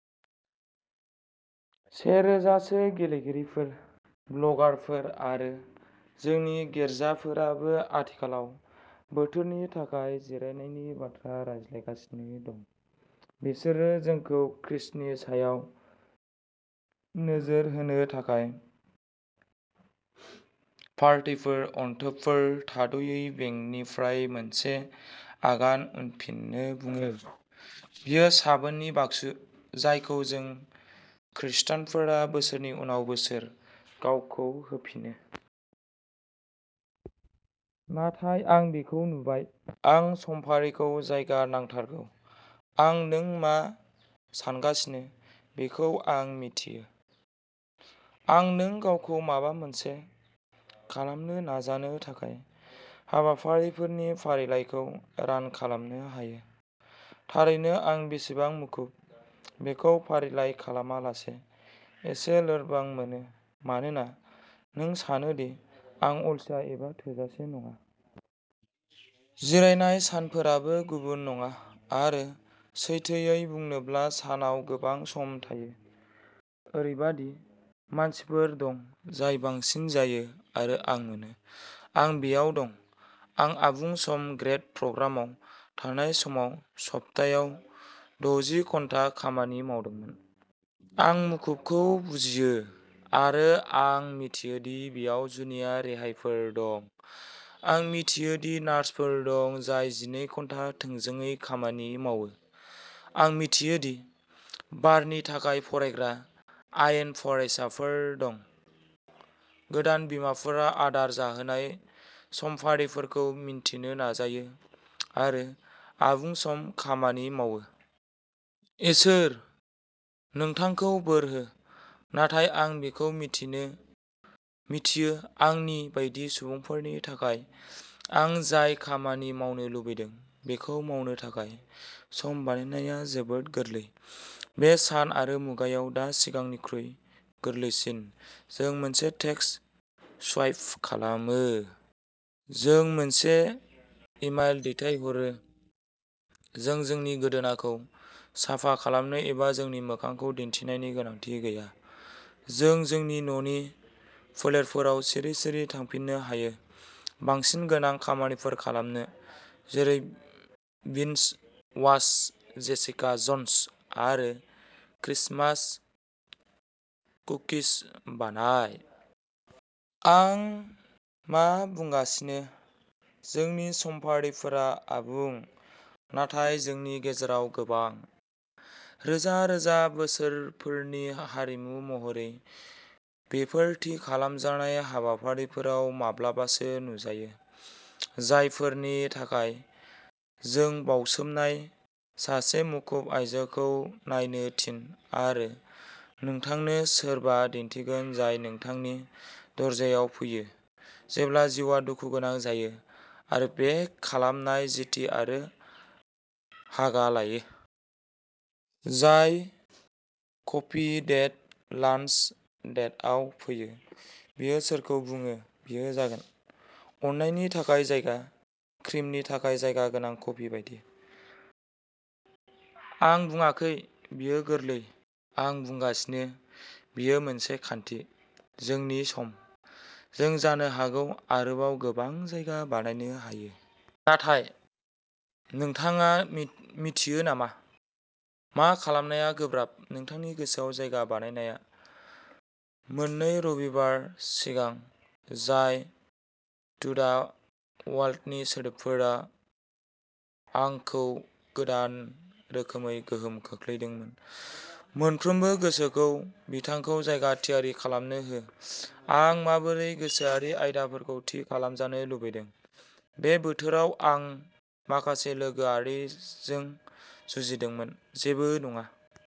से रोजा सो लिरगिरिफोर, ब्लगारफोर आरो जोंनि गिरजाफोराबो आथिखालाव बोथोरनि थाखाय जिरायनायनि बाथ्रा रायज्लायगासिनो दं। बिसोरो जोंखौ ख्रिस्ट’नि सायाव नोजोर होनो थाखाय पार्टीफोर, अनथोबफोर, थाद'यै बेकिंनिफ्राय मोनसे आगान उनफिननो बुङो। बेयो साबोननि बाक्सु जायखौ जों ख्रिस्टानफोरा बोसोरनि उनाव बोसोर गावखौ होफिनो। नाथाय आं बेखौ नुबाय। आंनि समफारिखौ जायगा नांथारगौ। आं नों मा सानगासिनो बेखौ आं मिथियो। आं नों गावखौ माबा मोनसे खालामनो नाजानो थाखाय हाबाफारिफोरनि फारिलाइखौ रान खालामनो हायो। थारैनो आं बेसेबां मुखुब बेखौ फारिलाइ खालामालासे एसे लोरबां मोनो मानोना नों सानो दि आं अलसिया एबा थोजासे नङा। जिरायनाय सानफोराबो गुबुन नङा। आरो सैथोयै बुंनोब्ला सानाव गोबां सम थायो। ओरैबायदि मानसिफोर दं जाय बांसिन जायो। आरो आं मोनो। आं बेयाव दं। आं आबुं सम ग्रेद प्रग्रामाव थानाय समाव सप्तायाव दजि घन्टा खामानि मावदोंमोन। आं मुखुबखौ बुजियो। आरो आं मिथियो दि बेयाव जुनिया रेहायफोर दं। आं मिथियो दि नार्सफोर दं जाय जिनै घन्टा थोंजों खामानि मावो। आं मिथियो दि बारनि थाखाय फरायग्रा आयेन फरायसाफोर दं। गोदान बिमाफोरा आदार जाहोनाय समफारिफोरखौ मिन्थिनो नाजायो आरो आबुं-सम खामानि मावो। इसोर नोंथांखौ बोर हो। नाथाय आं बेखौबो मिथियो आंनि बायदि सुबुंफोरनि थाखाय आं जाय खामानि मावनो लुबैदों बेखौ मावनो थाखाय सम बानायनाया जोबोद गोरलै। बे सान आरो मुगायाव दा सिगांनिख्रुइ गोरलैसिन। जों मोनसे टेक्स सुवाइप खालामो। जों मोनसे इमेल दैथायहरो। जों जोंनि गोदोनाखौ साफा खालामनो एबा जोंनि मोखांखौ दिन्थिनायनि गोनांथि गैया। जों जोंनि न'नि फोलेरफोराव सिरि-सिरि थांफिननो हायो बांसिन गोनां खामानिफोर खालामनो। जेरै बिन्ज वाच जेसिका जन्स। आरो क्रिसमास कुकिज बानाय। आं मा बुंगासिनो, जोंनि समफारिफोरा आबुं। नाथाय जोंनि गेजेराव गोबां, रोजा-रोजा बोसोरफोरनि हारिमु महरै, बेफोर थि खालामजानाय हाबाफारिफोराव माब्लाबासो नुजायो, जायफोरनि थाखाय जों बाउसोमनाय। सासे मुखुब आयजोखौ नायनो थिन आरो आं नोंथांनो सोरबा दिन्थिगोन जाय नोंथांनि दरजायाव फैयो जेब्ला जिउआ दुखुगोनां जायो आरो बेक खालामनाय जिटि आरो हागा लायो। जाय कफि डेट, लान्स डेटआव फैयो। बियो सोरखौ बुङो बियो जागोन, अननायनि थाखाय जायगा, क्रिमनि थाखाय जायगा गोनां कफि बायदि। आं बुङाखै बेयो गोरलै। आं बुंगासिनो बेयो मोनसे खान्थि। जोंनि सम, जों जानो हागौ आरोबाव गोबां जायगा बानायनो हायो। नाथाय, नोंथाङा मिन्थियो नामा मा खालामनाया गोब्राब? नोंथांनि गोसोआव जायगा बानायनाया। मोननै रबिबार सिगां, जाय टु दा वर्ल्डनि सोदोबफोरा आंखौ गोदान रोखोमै गोहोम खोख्लैदोंमोन। मोनफ्रोमबो गोसोखौ बिथांखौ जायगा थियारि खालामनो हो। आं माबोरै गोसोआरि आयदाफोरखौ थि खालामजानो लुबैदों। बे बोथोराव आं माखासे लोगोआरिजों जुजिदोंमोन। जेबो नङा।